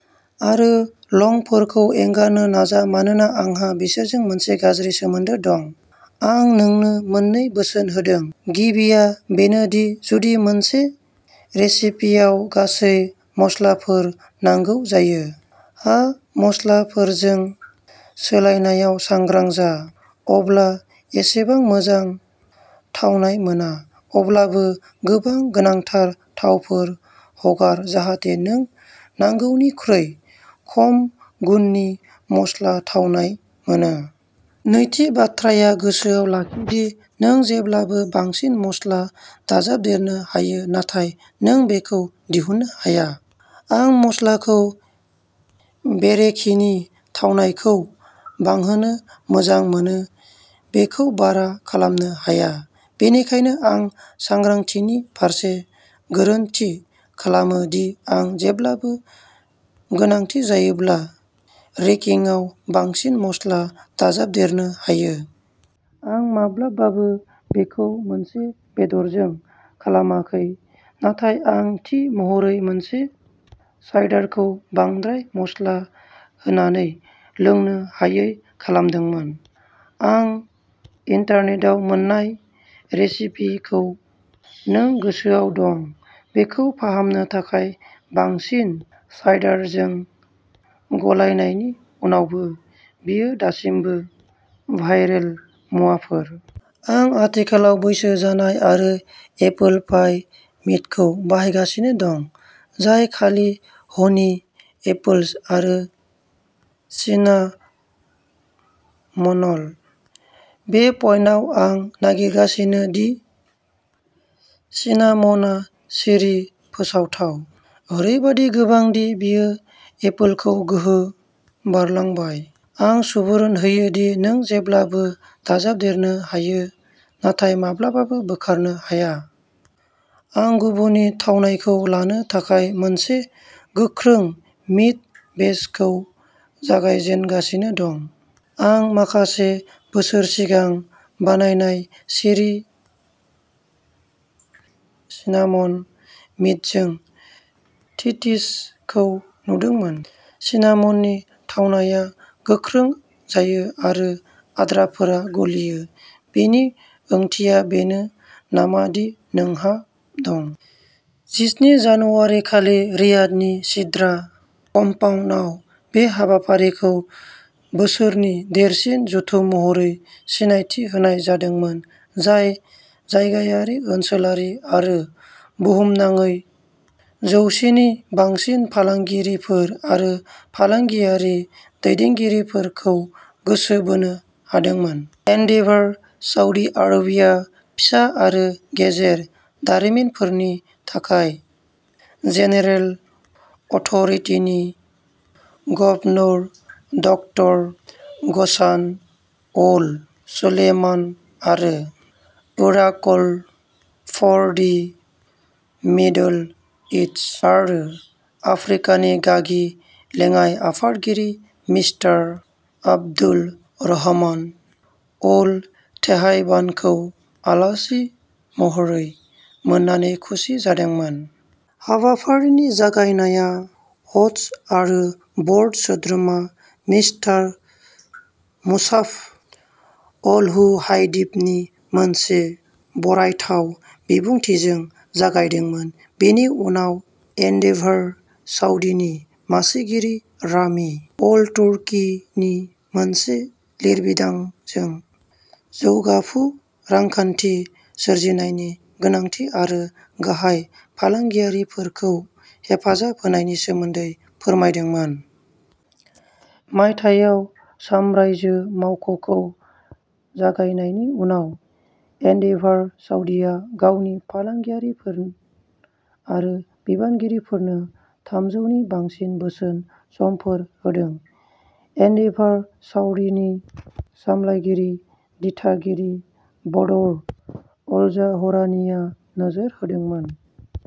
आरो लंफोरखौ एंगारनो नाजा मानोना आंहा बिसोरजों मोनसे गाज्रि सोमोन्दो दं। आं नोंनो मोननै बोसोन होदों। गिबिया बेनो दि जुदि मोनसे रेसिपियाव गासै मस्लाफोर नांगौ जायो, हा मसलाफोरजों सोलायनायाव सांग्रां जा। अब्ला एसेबां मोजां थावनाय मोना अब्लाबो गोबां गोनांथार थावफोर हगार जाहाथे नों नांगौनिख्रुइ खम गुननि मस्ला थावनाय मोनो। नैथि बाथ्राया गोसोआव लाखि दि नों जेब्लाबो बांसिन मस्ला दाजाबदेरनो हायो नाथाय नों बेखौ दिहुननो हाया। आं मस्लाखौ बेरेखिनि थावनायखौ बांहोनो मोजां मोनो बेखौ बारा खालामनो हाया। बेनिखायनो आं सांग्रांथिनि फारसे गोरोन्थि खालामो दि आं जेब्लाबो गोनांथि जायोब्ला रेकिंआव बांसिन मस्ला दाजाबदेरनो हायो। आं माब्लाबाबो बेखौ मोनसे बेदरजों खालामाखै नाथाय आं थि महरै मोनसे साइडारखौ बांद्राय मस्ला होनानै लोंनो हायै खालामदोंमोन। आं इन्टारनेटाव मोननाय रेसिपिखौ नों गोसोआव दं बेखौ फाहामनो थाखाय बांसिन साइडारजों गलायनायनि उनावबो बेयो दासिमबो भायरेल मुवाफोर। आं आथिखालाव बैसो जानाय आरो एपोल पाइ मिडखौ बाहायगासिनो दं जाय खालि ह नी एपोल्स आरो सिना मनल। बे पइन्टआव आं नागिरगासिनो दि सिनामनआ सिरि फोसावथाव। ओरैबायदि गोबां दि बेयो एपोलखौ गोहो बारलांबाय। आं सुबुरुन होयो दि नों जेब्लाबो दाजाबदेरनो हायो नाथाय माब्लाबाबो बोखारनो हाया। आं गुबुननि थावनायखौ लानो थाखाय मोनसे गोख्रों मिड बेचखौ जागायजेनगासिनो दं। आं माखासे बोसोर सिगां बानायनाय चेरि सिनामन मिडजों थिटिसखौ नुदोंमोन। सिनामननि थावनाया गोख्रों जायो आरो आद्राफोरा गलियो। बेनि ओंथिया बेनो नामा दि नोंहा दं। जिस्नि जानुवारी खालि रियादनि सिद्रा कम्पाउन्डआव बे हाबाफारिखौ बोसोरनि देरसिन जथुम महरै सिनायथि होनाय जादोंमोन जाय जायगायारि ओनसोलारि आरो बुहुमनाङै जौवसेनि बांसिन फालांगिरिफोर आरो फालांगियारि दैदेनगिरिफोरखौ गोसो बोनो हादोंमोन। एन्डेभार साउदी आरबियाआ फिसा आरो गेजेर दारिमिनफोरनि थाखाय जेनेरेल अथ'रिटि नि गभनर डक्टर घसान अल-सुलेमान आरो Oracle for the Middle East आरो आफ्रिकानि गागि लेङाइ-आफादगिरि मिस्टार अब्दुलरहमान अल-थेहाइबानखौ आलासि महरै मोननानै खुसि जादोंमोन। हाबाफारिनि जागायनाया ह'स्ट आरो बर्ड सोद्रोमा निस्टार मुसाप अलहुहाइदिबनि मोनसे बरायथाव बिबुंथिजों जागायदोंमोन बेनि उनाव एन्डेभार साउदीनि मासिगिरि रामि अलतुर्कीनि मोनसे लिरबिदांजों जौगाफु रांखान्थि सोरजिनायनि गोनांथि आरो गाहाय फालांगियारिफोरखौ हेफाजाब होनायनि सोमोन्दै फोरमायदोंमोन। मायथाइयाव सामराइजो मावख'खौ जागायनायनि उनाव एन्डेभार साउदीआ गावनि फालांगियारिफोर आरो बिबानगिरिफोरनो थामजौनि बांसिन बोसोन समफोर होदों। एन्डेभार साउदीनि सामलायगिरि दिथागिरि बदर अलजाहरानीआ नोजोर होदोंमोन।